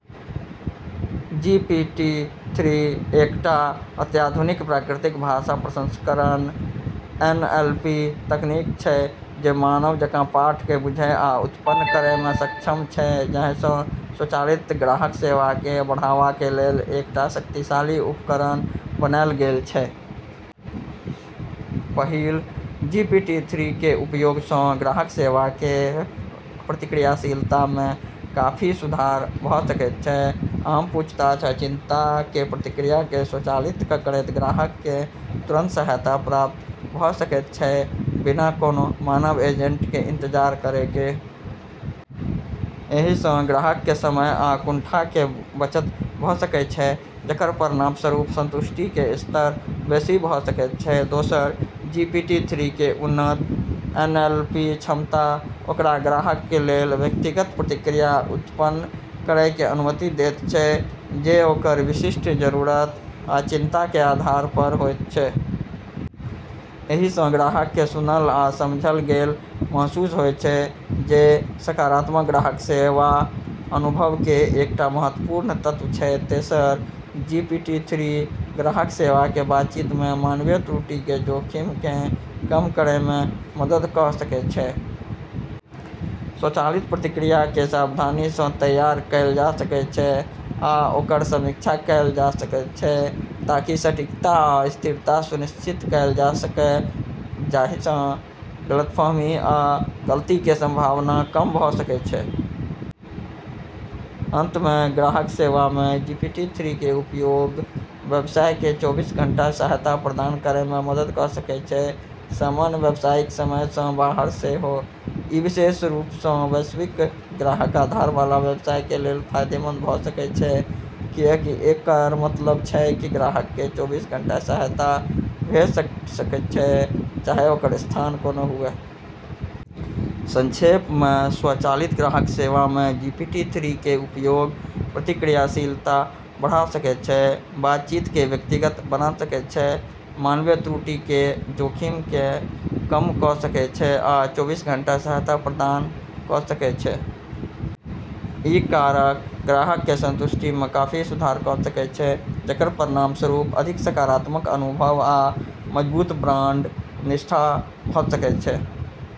जी P T three एकटा अत्याधुनिक प्राकृतिक भाषा प्रसंस्करण (एन एल पी) तकनीक छै जे मानव जकाँ पाठ केँ बुझय आ उत्पन्न करय में सक्षम छै, जाहिसँ स्वचालित ग्राहक सेवा के बढ़ावा के लेल एकटा शक्तिशाली उपकरण बनायल गेल छै। पहिल, जी पी टी-थ्री के उपयोग सँ ग्राहक सेवा के प्रतिक्रियाशीलता में काफी सुधार भऽ सकैत छै। आम पूछताछ आ चिंता के प्रतिक्रिया केँ स्वचालित करैत ग्राहक केँ तुरंत सहायता प्राप्त भऽ सकैत छै, बिना कोनों मानव एजेंट के इंतजार करय के। एहि सँ ग्राहक के समय आ कुंठा के बचत भऽ सकैत छै, जकर परिणामस्वरूप संतुष्टि के स्तर बेसि भऽ सकैत छै। दोसर, जी पी टी-थ्री के उन्नत एन एल पी क्षमता ओकरा ग्राहक के लेल व्यक्तिगत प्रतिक्रिया उत्पन्न करय के अनुमति दैत छै, जे ओकर विशिष्ट जरूरत आ चिंता के आधार पर होइत छै। एहि सँ ग्राहक के सुनल आ समझल गेल महसूस होयत छै, जे सकारात्मक ग्राहक सेवा अनुभव के एकटा महत्वपूर्ण तत्व छै। तेसर, जी पी टी-थ्री ग्राहक सेवा के बातचीत में मानवीय त्रुटि के जोखिम केँ कम करय में मदद क' सकैत छै। स्वचालित प्रतिक्रिया के सावधानी सँ तैयार कएल जा सकैत छै आ ओकर समीक्षा कएल जा सकैत छै ताकि सटीकता आ स्थिरता सुनिश्चित कएल जा सकय, जाहिसँ गलतफहमी आ गलती के संभावना कम भऽ सकैत छै। अंत में, ग्राहक सेवा में जी पी टी-थ्री के उपयोग व्यवसाय के चौबीस घन्टा सहायता प्रदान करय में मदद क' सकैत छै, सामान्य व्यावसायिक समय सँ बाहर सेहो। ई विशेष रूप सँ वैश्विक ग्राहक आधार वाला व्यवसाय के लेल फायदेमंद भऽ सकय छै, कियाकि एकर मतलब छै कि ग्राहक के चौबीस घन्टा सहायता भेट सकैत छै, चाहे ओकर स्थान कोनो होय। संक्षेप में, स्वचालित ग्राहक सेवा में जी पी टी-थ्री के उपयोग प्रतिक्रियाशीलता बढ़ा सकैत छै, बातचीत के व्यक्तिगत बना सकैत छै, मानवीय त्रुटि के जोखिम केँ कम क' सकैत छै आ चौबीस घन्टा सहायता प्रदान क' सकैत छै। ई कारक ग्राहक के संतुष्टि में काफी सुधार क' सकैत छै, जकर परिणामस्वरूप अधिक सकारात्मक अनुभव आ मजबूत ब्रांड निष्ठा भऽ सकैत छै।